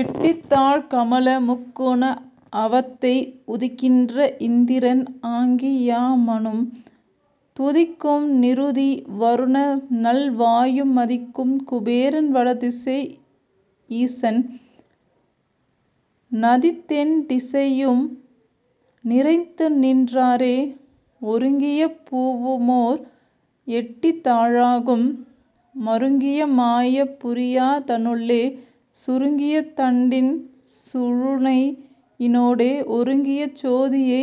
எட்டிதழ்க் கமல முக்குண அவத்தை உதிக்கின்ற இந்திரன் அங்கி யமனும் துதிக்கும் நிருதி வருணன்நல் வாயு மதிக்கும் குபேரன் வடதிசை யீசன் நிதித்தெண் டிசையு நிறைந்துநின் றாரே. ஒருங்கிய பூவுமோர் எட்டித ழாகும் மருங்கிய மாயா புரியத னுள்ளே சுருங்கிய தண்டின் சுழுனையி னூடே ஒருங்கிய சோதியை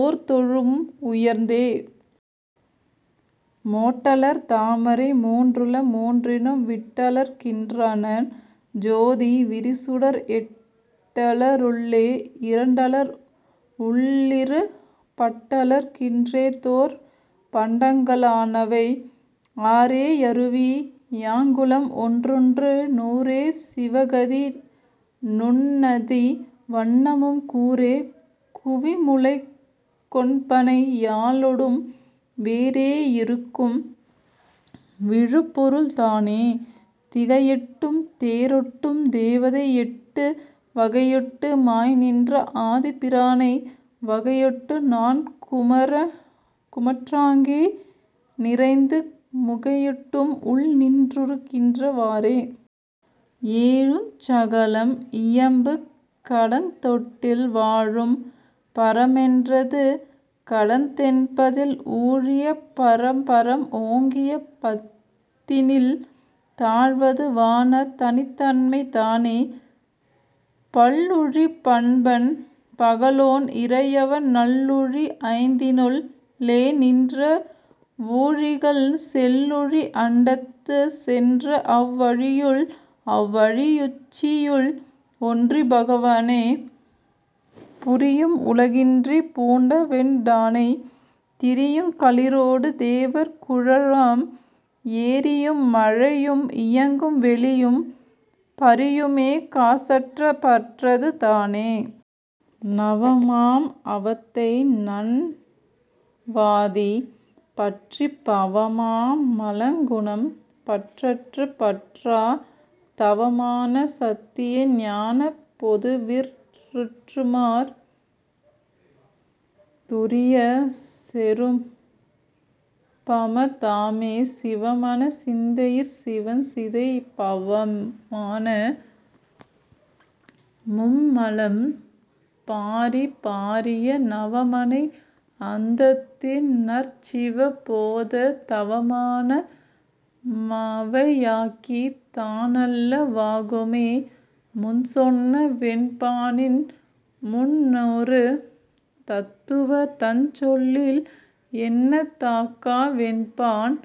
ஒர்ந்தெழும் உய்ந்தே. மொட்டலர் தாமரை மூன்றுள மூன்றினும் விட்டலர் கின்றனன் சோதி விரிசுடர் எட்டல ருள்ளே இரண்டலர் உள்ளுறிற் பட்டலர் கின்றதோர் பண்டங் கனாவே. ஆறே யருவி யகங்குளம் ஒன்றுண்டு நூறே சிவகதி நுண்ணிது வண்ணமும் கூறே குவிமுலைக் கொண்பனை யாளொடும் வேறே யிருக்கும் விழுபொருள் தானே. திகையெட்டும் தேரேட்டும் தேவதை எட்டும் வகையெட்டு மாய்நின்ற ஆதிப் பிரானை வகையெட்டு நான்குமற் றாங்கே நிறைந்து முகையெட்டும் உள்நின் றுதிக்கின்ற வாறே. ஏழுஞ் சகளம் இயம்பு கடந்தெட்டில் வாழும் பரமென் றதுகடந் தொன்பதில் ஊழி பராபரம் ஓங்கிய பத்தினில் தாழ்வது வான தனித்தன்மை தானே. பல்லூழி பண்பன் பகலோன் இறையவன் நல்லூழி ஐந்தினுள் ளேநின்ற வூழிகள் செல்லூழி அண்டத்துக் சென்றவவ் வூழியுள் அவ்வூழி யுச்சியு ள்ஒன்றிற் பகவனே புரியும் உலகினிற் பூண்டவெட் டானை திரியுங் களிற்றொடு தேவர் குழாமும் எரியு மழையும் இயங்கும் வெளியும் பரியுமா காசத்திற் பற்றது தானே. நவமாம் அவத்தை நன்வாதி பற்றிற் பவமா மலங்குணம் பற்றற்றுப் பற்றாத் தவமான சத்திய ஞானப் பொதுவிற் றுவமார் துரியஞ் சொருபம தாமே. சிவமான சிந்தையிற் சீவன் சிதைய பவமான மும்மலம் பாறிப் பறிய நவமான அந்தத்தின் நற்சிவ போதந் தவமான மவையாகித் தானல்ல வாகுமே. முன்சொன்ன வொன்பானின் முன்னுறு தத்துவந் தன்சொல்லில் எண்ணத்தகாவொன்பான்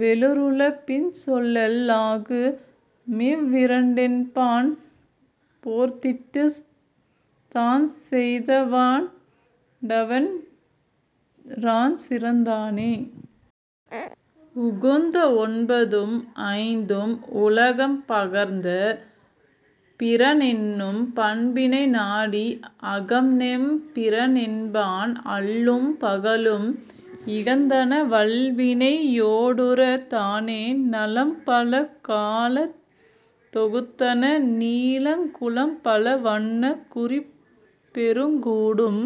வேறுள பின்சொல்ல லாகுமிவ் வீரொன்பான் பேர்த்திட்டுத் தன்செயத வாண்டவன் றான்சிறந் தானே. உகந்த ஒன்பதும் ஐந்தும் உலகம் பகர்ந்த பிரானென்னும் பண்பினை நாடி அகந்தெம் பிரானென்பன் அல்லும் பகலும் இகந்தன வல்வினை யோடறுத் தானே. நலம்பல காலந் தொகுத்தன நீளங் குலம்பல வண்ணங் குறிப்பொடுங் கூடும்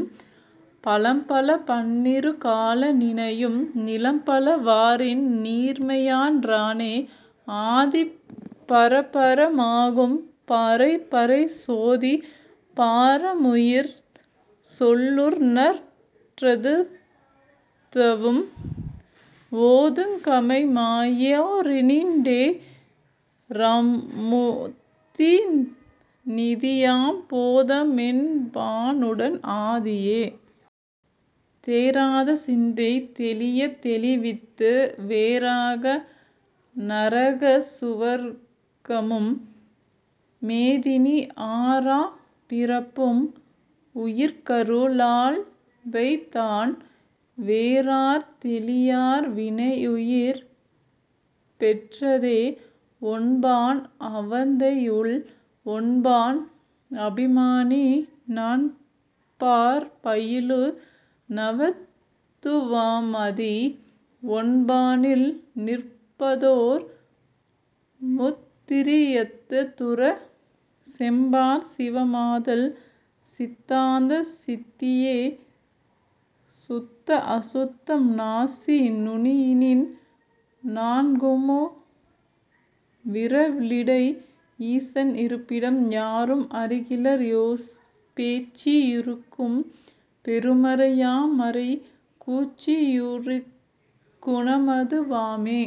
பலம்பல பன்னிரு கால நினையும் நிலம்பல வாறின் நீர்மையன் றானே. ஆதி பராபர மாகும் பராபரை சோதி பரமுயிர் சொல்லுநற் றத்துவம் ஓதுங் கமைமாயே யோரிரண் டோ ரமுத்தி நீதியாம் பேதமொன் பானுடன் ஆதியே. தேராத சிந்தை தெளியத் தெளிவித்து வேறாத நரக சுவர்க்கமும் மேதினி ஆறாப் பிறப்பும் உயிர்க்கரு ளால்வைத்தான் வேறாத் தெளியார் வினையுயிர் பெற்றதே. ஒன்பான் அவத்தையுள் ஒன்பான் அபிமானி நன்பாற் பயிலு நவதத் துவமாதி ஒன்பானில் நிற்பதோர் முத்துரி யத்துறச் செம்பாற் சிவமாதல் சித்தாந்த சித்தியே.. சுத்தாஅசுத்தம் நாசி நுனியினின் நான்குமூ விரலிடை ஈசன் இருப்பிடம் யாரும் அறிகிலர் பேசி யிருக்கும் பெருமறை யம்மறை கூசி யிருக்குங் குணமது வாமே.